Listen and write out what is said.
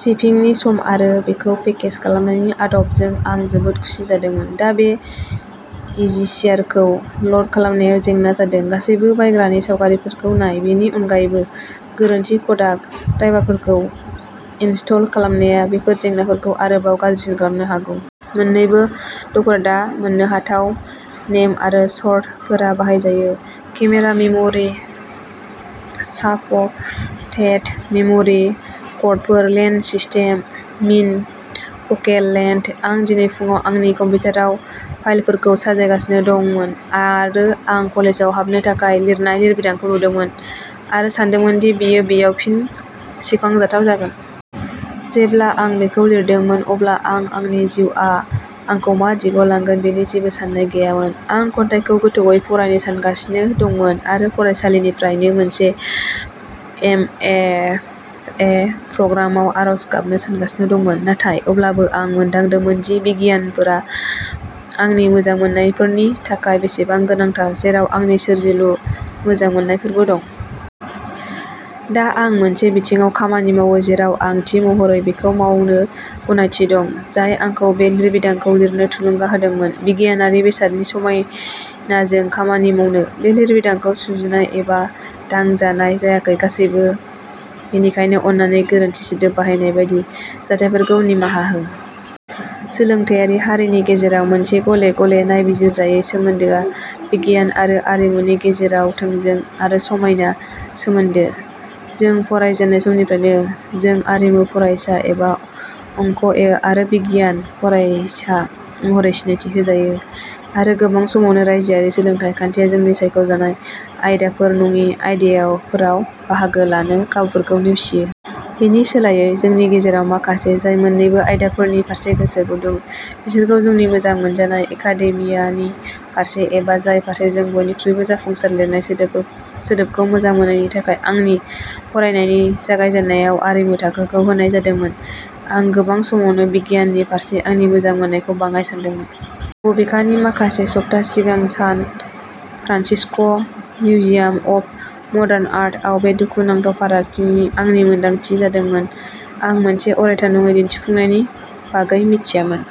शिपिंनि सम आरो बेखौ पेकेज खालामनायनि आदबजों आं जोबोद खुसि जादोंमोन। दा बे इजिशेयारखौ ल'ड खालामनायाव जेंना जादों। गासैबो बायग्रानि सावगारिफोरखौ नाय। बेनि अनगायैबो, गोरोन्थि क'डाक ड्राइभारफोरखौ इनस्टल खालामनाया बेफोर जेंनाफोरखौ आरोबाव गाज्रिसिन खालामनो हागौ। मोन्नैबो डकफोरा दा मोननोहाथाव। नेम आरो सर्तफोरा बाहायजायो। केमेरा मेम'रि साप'र्टेड मेम'रि कर्डफोर। Lens system min focal length. आं दिनै फुंआव आंनि कम्पिउटाराव फाइलफोरखौ साजायगासिनो दंमोन आरो आं कलेजाव हाबनो थाखाय लिरनाय लिरबिदांखौ नुदोंमोन, आरो सानदोंमोन दि बेयो बेयाव फिन सेबखांजाथाव जागोन। जेब्ला आं बेखौ लिरदोंमोन, अब्ला आं आंनि जिउआ आंखौ मा दिगाव लांगोन बेनि जेबो सान्नाय गैयामोन आं खन्थाइखौ गोथौवै फरायनो सानगासिनो दंमोन आरो फरायसालिनिफ्रायनो मोनसे एमएफए प्रग्रामाव आर'ज गाबनो सानगासिनो दंमोन। नाथाय अब्लाबो आं मोनदांदोंमोन दि बिगियानफोरा आंनि मोजांमोननायफोरनि थाखाय बेसेबां गोनांथार, जेराव आंनि सोरजिलु मोजांमोननायफोरबो दं। दा आं मोनसे बिथिङाव खामानि मावो जेराव आं थि महरै बेखौ मावनो गनायथि दं जाय आंखौ बे लिरबिदांखौ लिरनो थुलुंगा होदोंमोन बिगियानारि बेसादनि समायनाजों खामानि मावनो। बे लिरबिदांखौ सुजुनाय एबा" दांजानाय "जायाखै। गासैबो, बेनिखायनो अन्नानै गोरोन्थि सोदोब बाहायनाय बायदि जाथायफोरखौ निमाहा हो। सोलोंथायारि हारिनि गेजेराव मोनसे गले गले नायबिजिरजायै सोमोन्दोआ बिगियान आरो आरिमुनि गेजेराव थोंजों आरो समायना सोमोन्दो। जों फरायजेननाय समनिफ्रायनो, जों "आरिमु" फरायसा एबा "अंक ए आरो बिगियान" फरायसा महरै सिनायथि होजायो, आरो गोबां समावनो रायजोआरि सोलोंथाय खान्थिया जोंनि सायख' जानाय आयदायावफोर नङि आयदाफोराव बाहागो लानो खाबुफोरखौ नेवसियो। बेनि सोलायै, जोंनि गेजेराव माखासे जाय मोन्नैबो आयदाफोरनि फारसे गोसो गुदुं, बिसोरखौ जोंनि "मोजां मोनजानाय" एकाडेमियानि फारसे, एबा जाय फारसे जों बयनिख्रुइबो जाफुंसार लिरनाय सोदोबखौ सोदोबखौ मोजां मोननायनि थाखाय आंनि फरायनायनि जागायजेन्नायाव "आरिमु" थाखोखौ होनाय जादोंमोन, आं गोबां समावनो बिगियाननि फारसे आंनि मोजां मोननायखौ बाङाइ सान्दोंमोन। बबेखानि, माखासे सप्ता सिगां San Francisco' Museum of Modern आर्टआव बे दुखुनांथाव फारागथिनि आंनि मोनदांथि जादोंमोन। आं मोनसे अरायथा नङै दिन्थिफुंनायनि बागै मिथियामोन।